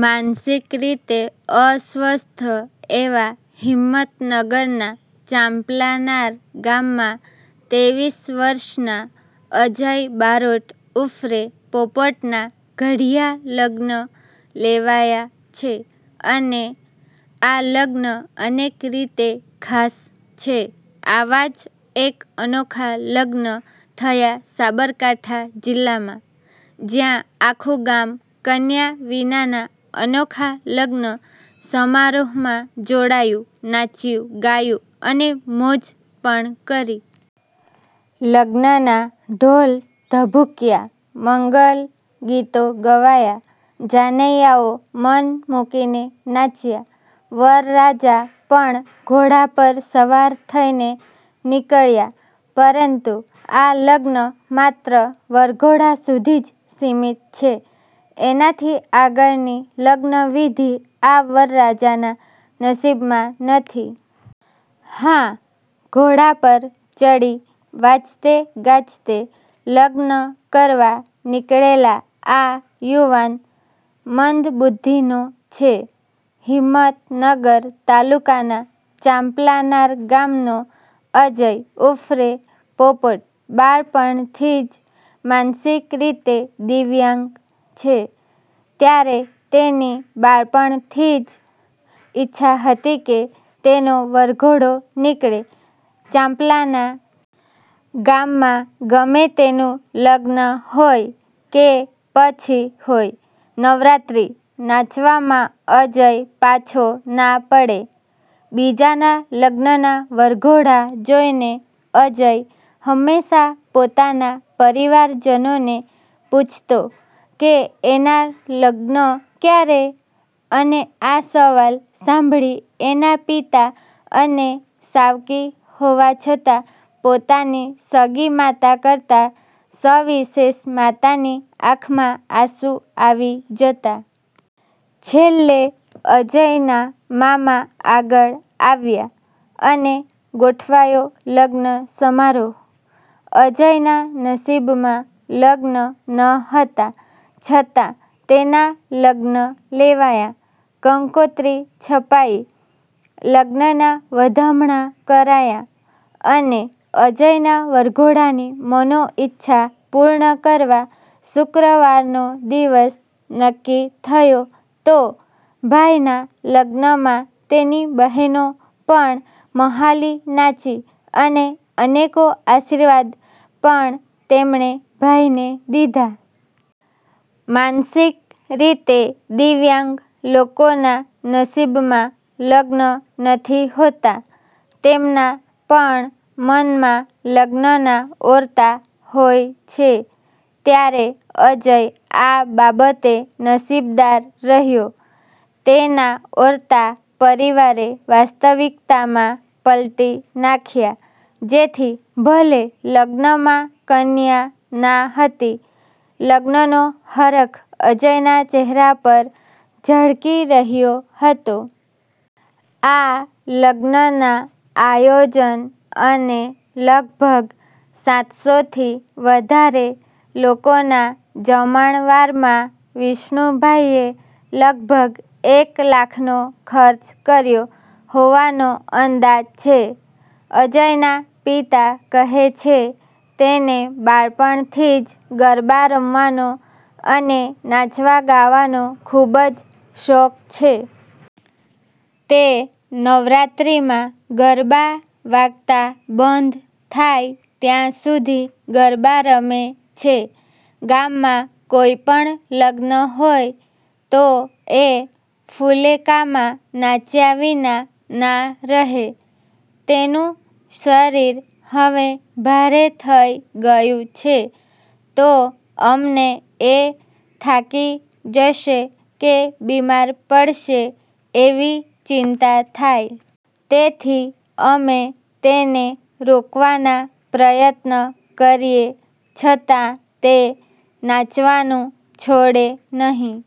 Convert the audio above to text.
માનસિક રીતે અસ્વસ્થ એવા હિંમતનગરના ચાંપલાનાર ગામમાં તેવીસ વર્ષના અજય બારોટ ઉર્ફે પોપટનાં ઘડીયાં લગ્ન લેવાયાં છે અને આ લગ્ન અનેક રીતે ખાસ છે. આવા જ એક અનોખા લગ્ન થયા સાબરકાંઠા જીલ્લામાં. જ્યાં આખું ગામ કન્યા વિનાના અનોખા લગ્ન સમારોહમાં જોડાયું ,નાચ્યું ,ગાયું અને મોજ પણ કરી. લગ્નના ઢોલ ધબૂક્યા મંગલ ગીતો ગવાયા, જાનૈયાઓ મન મુકીને નાચ્યા. વરરાજા પણ ઘોડા પર સવાર થઈને નીકળ્યા પરંતુ આ લગ્ન માત્ર વરઘોડા સુધી જ સીમિત છે એનાથી આગળની લગ્ન વિધિ આ વરરાજાના નસીબમાં નથી. હા, ઘોડા પર ચડી વાજતે-ગાજતે લગ્ન કરવા નીકળેલો આ યુવાન મંદબુધ્ધીનો છે. હિમતનગર તાલુકાના ચાંપલાનાર ગામનો અજય ઉર્ફે પોપટ બાળપણથી જ માનસિક રીતે દિવ્યાંગ છે.ત્યારે તેની બાળપણથી જ ઈચ્છા હતી કે તેનો વરઘોડો નીકળે. ચાંપલાના ગામમાં ગમે તેનું લગ્ન હોય કે પછી હોય નવરાત્રી, નાચવામાં અજય પાછો ના પડે .બીજાના લગ્નના વરઘોડા જોઇને અજય હમેશા પોતાના પરિવારજનોને પૂછતો કે એના લગ્ન ક્યારે? અને આ સવાલ સાંભળી એના પિતા અને સાવકી હોવા છતાં પોતાની સગી માતા કરતા સવિશેષ માતાની આંખમાં આંસુ આવી જતા. છેલ્લે અજયના મામા આગળ આવ્યા અને ગોઠવાયો લગ્ન સમારોહ. અજયના નસીબમાં લગ્ન ન હતા છતાં તેના લગ્ન લેવાયા, કંકોત્રી છપાઈ ,લગ્નના વધામણા કરાયા અને અજયનાં વરઘોડાની મનોઈચ્છા પૂર્ણ કરવા શુક્રવારનો દિવસ નક્કી થયો તો ભાઈના લગ્નમાં તેની બહેનો પણ મ્હાલીનાચી અને અનેકો આશીર્વાદ પણ તેમણે ભાઈને દીધા. માનસિક રીતે દિવ્યાંગ લોકોના નસીબમાં લગ્ન નથી હોતા તેમના પણ મનમાં લગ્નનાં ઓરતા હોય છે ત્યારે અજય આ બાબતે નસીબદાર રહ્યો. તેના ઓરતા પરિવારે વાસ્તવિકતામાં પલટી નાખ્યા જેથી ભલે લગ્નમાં કન્યા ના હતી, લગ્નનો હરખ અજયના ચહેરા પર ઝળકી રહ્યો હતો. આ લગ્નનાં આયોજન અને લગભગ સાતસોથી વધારે લોકોના જમણવારમાં વિષ્ણુભાઇએ લગભગ એક લાખનો ખર્ચ કર્યો હોવાનો અંદાજ છે. અજયના પિતા કહે છે, 'તેને બાળપણથી જ ગરબા રમવાનો અને નાચવા-ગાવાનો ખૂબ જ શોખ છે. તે નવરાત્રિમાં ગરબા વાગતા બંધ થાય ત્યાં સુધી ગરબા રમે છે. ગામમાં કોઈ પણ લગ્ન હોય તો એ ફુલેકામાં નાચ્યા વિના ના રહે. તેનું શરીર હવે ભારે થઈ ગયું છે, તો અમને એ થાકી જશે કે બીમાર પડશે એવી ચિંતા થાય. તેથી અમે તેને રોકવાના પ્રયત્ન કરીએ છતાં તે નાચવાનું છોડે નહીં.'